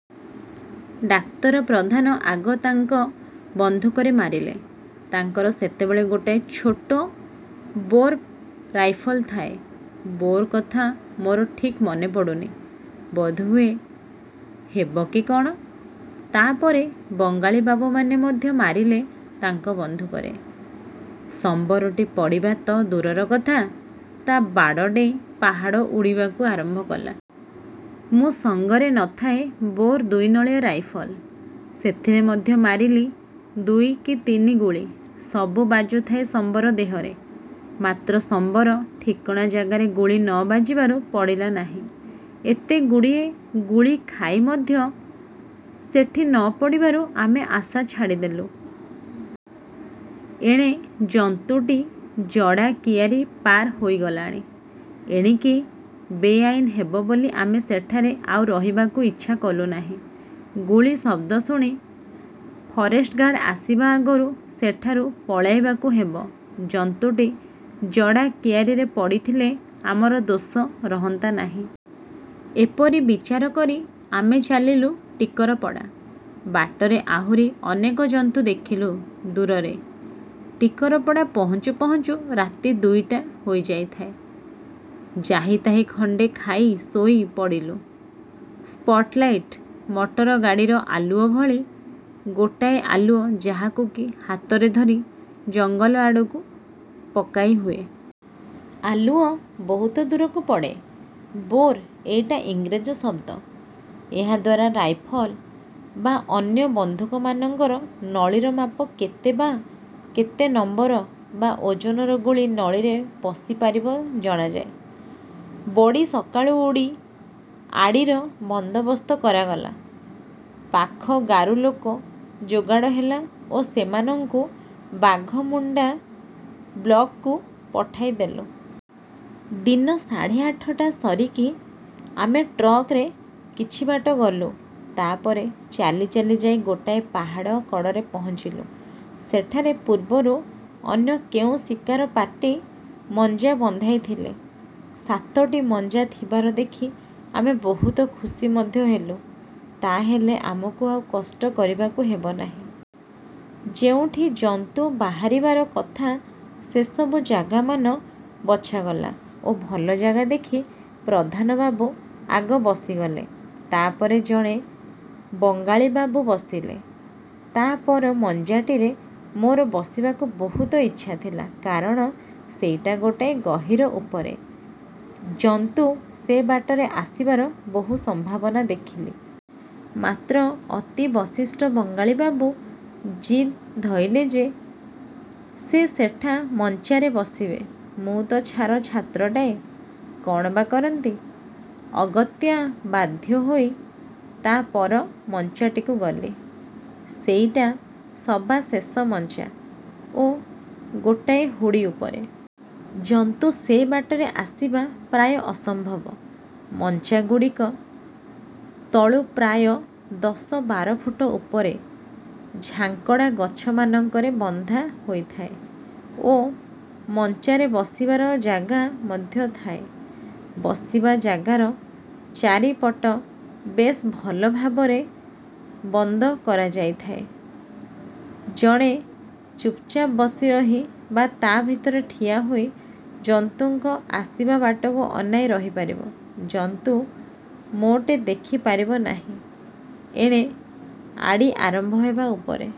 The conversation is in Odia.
ଡାକ୍ତର ପ୍ରଧାନ ଆଗ ତାଙ୍କ ବନ୍ଧୁକରେ ମାରିଲେ। ତାଙ୍କର ସେତେବେଳେ ଗୋଟାଏ ଛୋଟ ବୋର୍ର ରାଇଫଲ୍ ଥାଏ। 'ବୋର୍' କଥା ମୋର ଠିକ୍ ମନେପଡ଼ୁନି-ବୋଧହୁଏ. ହେବ କି କ'ଣ! ତା'ପରେ ବଙ୍ଗାଳି ବାବୁମାନେ ମଧ୍ୟ ମାରିଲେ ତାଙ୍କ ବନ୍ଧୁକରେ। ସମ୍ୱରଟି ପଡ଼ିବା ତ ଦୂରର କଥା-ସେ ବାଡ଼ ଡେଇଁ ପାହାଡ଼ ଉଠିବାକୁ ଆରମ୍ଭ କଲା। ମୁଁ ସଙ୍ଗରେ ନେଇଥାଏ ବୋର୍ ଦୁଇନଳିଆ ରାଇଫଲ୍। ସେଥିରେ ମଧ୍ୟ ମାରିଲି ଦୁଇ କି ତିନି ଗୁଳି। ସବୁ ବାଜୁଥାଏ ସମ୍ୱର ଦିହରେ, ମାତ୍ର ସମ୍ୱର-ଠିକଣା ଜାଗାରେ ଗୁଳି ନ ବାଜିବାରୁ ପଡ଼ିଲା ନାହିଁ। ଏତେଗୁଡ଼ିଏ ଗୁଳି ଖାଇ ମଧ୍ୟ ସେଠି ନ ପଡ଼ିବାରୁ ଆମେ ଆଶା ଛାଡ଼ିଦେଲୁ। ଏଣେ ଜନ୍ତୁଟି ଜଡ଼ା କିଆରି ପାର ହୋଇଗଲାଣି। ଏଣିକି ବେଆଇନ୍ ହେବ ବୋଲି ଆମେ ସେଠାରେ ଆଉ ରହିବାକୁ ଇଚ୍ଛା କଲୁ ନାହିଁ। ଗୁଳି ଶବ୍ଦ ଶୁଣି ଫରେଷ୍ଟ ଗାର୍ଡ଼ ଆସିବା ଆଗରୁ ସେଠାରୁ ପଳାଇବାକୁ ହେବ। ଜନ୍ତୁଟି ଜଡ଼ା କିଆରିରେ ପଡ଼ିଥିଲେ ଆମର ଦୋଷ ରହନ୍ତା ନାହିଁ। ଏପରି ବିଚାରକରି ଆମେ ଚାଲିଲୁ ଟିକରପଡ଼ା। ବାଟରେ ଆହୁରି ଅନେକ ଜନ୍ତୁ ଦେଖିଲୁ-ଦୂରରେ। ଟିକରପଡ଼ା ପହଞ୍ଚୁ ପହଞ୍ଚୁ ରାତି ଦୁଇଟା ହୋଇଯାଇଥାଏ। ଯାହିତାହି ଗଣ୍ଡେ ଖାଇ ଶୋଇ ପଡ଼ିଲୁ। ସ୍ପଟ୍ ଲାଇଟ୍-ମଟର ଗାଡ଼ିର ଆଲୁଅ ଭଳି ଗୋଟାଏ ଆଲୁଅ ଯାହାକୁ କି ହାତରେ ଧରି ଜଙ୍ଗଲ ଆଡ଼କୁ ପକାଇହୁଏ। ଆଲୁଅ ବହୁତ ଦୂରକୁ ପଡ଼େ। ବୋର୍-ଏଇଟା ଇଂରେଜ ଶବ୍ଦ। ଏହାଦ୍ୱାରା ରାଇଫଲ ବା ଅନ୍ୟ ବନ୍ଧୁକମାନଙ୍କର ନଳିର ମାପ କେତେ ବା କେତେ ନମ୍ୱର ବା ଓଜନର ଗୁଳି ନଳିରେ ପଶିପାରିବ ଜଣାଯାଏ। ବଡ଼ି ସକାଳୁ ଉଠି ଆଡ଼ିର ବନ୍ଦୋବସ୍ତ କରାଗଲା। ପାଖ ଗାରୁ ଲୋକ ଯୋଗାଡ଼ ହେଲା ଓ ସେମାନଙ୍କୁ ବାଘମୁଣ୍ଡା ବ୍ଲକ୍କୁ ପଠାଇ ଦେଲୁ। ଦିନ ସାଢ଼େ ଆଠଟା ସରିକି ଆମେ ଟ୍ରକରେ କିଛି ବାଟ ଗଲୁ। ତା'ପରେ ଚାଲି ଚାଲି ଯାଇ ଗୋଟାଏ ପାହାଡ଼ କଡ଼ରେ ପହଞ୍ଚିଲୁ। ସେଠାରେ ପୂର୍ବରୁ ଅନ୍ୟ କେଉଁ ଶିକାର ପାର୍ଟି ମଞ୍ଚା ବନ୍ଧାଇଥିଲେ। ସାତଟି ମଞ୍ଚା ଥିବାର ଦେଖି ଆମେ ବହୁତ ଖୁସି ମଧ୍ୟ ହେଲୁ-ତା'ହେଲେ ଆମକୁ ଆଉ କଷ୍ଟ କରିବାକୁ ହେବ ନାହିଁ। ଯେଉଁଠି ଜନ୍ତୁ ବାହାରିବାର କଥା ସେସବୁ ଜାଗାମାନ ବଛାଗଲା ଓ ଭଲ ଜାଗା ଦେଖି ପ୍ରଧାନ ବାବୁ ଆଗ ବସିଗଲେ। ତା'ପରେ ଜଣେ ବଙ୍ଗାଳିବାବୁ ବସିଲେ। ତା' ପର ମଞ୍ଚାଟିରେ ମୋର ବସିବାକୁ ବହୁତ ଇଚ୍ଛା ଥିଲା, କାରଣ ସେଇଟା ଗୋଟାଏ ଗହୀର ଉପରେ। ଜନ୍ତୁ ସେ ବାଟରେ ଆସିବାର ବହୁ ସମ୍ଭାବନା ଦେଖିଲି। ମାତ୍ର ଅତି ବିଶିଷ୍ଟ ବଙ୍ଗାଳି ବାବୁ ଜିଦ୍ ଧଇଲେ ଯେ, ସେ ସେଠା ମଞ୍ଚାରେ ବସିବେ। ମୁଁ ତ ଛାର ଛାତ୍ରଟାଏ, କ'ଣ ବା କରନ୍ତି-ଅଗତ୍ୟା ବାଧ୍ୟ ହୋଇ ତା' ପର ମଞ୍ଚାଟିକୁ ଗଲି। ସେଇଟା ସବା ଶେଷ ମଞ୍ଚା ଓ ଗୋଟାଏ ହୁଡ଼ି ଉପରେ। ଜନ୍ତୁ ସେ ବାଟରେ ଆସିବା ପ୍ରାୟ ଅସମ୍ଭବ। ମଞ୍ଚାଗୁଡ଼ିକ ତଳୁ ପ୍ରାୟ ଦଶବାର ଫୁଟ ଉପରେ ଝାଙ୍କଡ଼ା ଗଛମାନଙ୍କରେ ବନ୍ଧା ଯାଇଥାଏ ଓ ମଞ୍ଚାରେ ବସିବାର ଜାଗା ମଧ୍ୟ ଥାଏ। ବସିବା ଜାଗାର ଚାରିପଟ ବେଶ ଭଲ ଭାବରେ ବନ୍ଦ କରାଯାଇଥାଏ। ଜଣେ ଚୁପ୍ଚାପ୍ ବସି ରହି ବା ତା' ଭିତରେ ଠିଆ ହୋଇ ଜନ୍ତୁଙ୍କ ଆସିବା ବାଟକୁ ଅନାଇ ରହିପାରିବ-ଜନ୍ତୁ ମୋଟେ ଦେଖି ପାରିବ ନାହିଁ। ଏଣେ ଆଡ଼ି ଆରମ୍ଭ ହେବା ଉପରେ।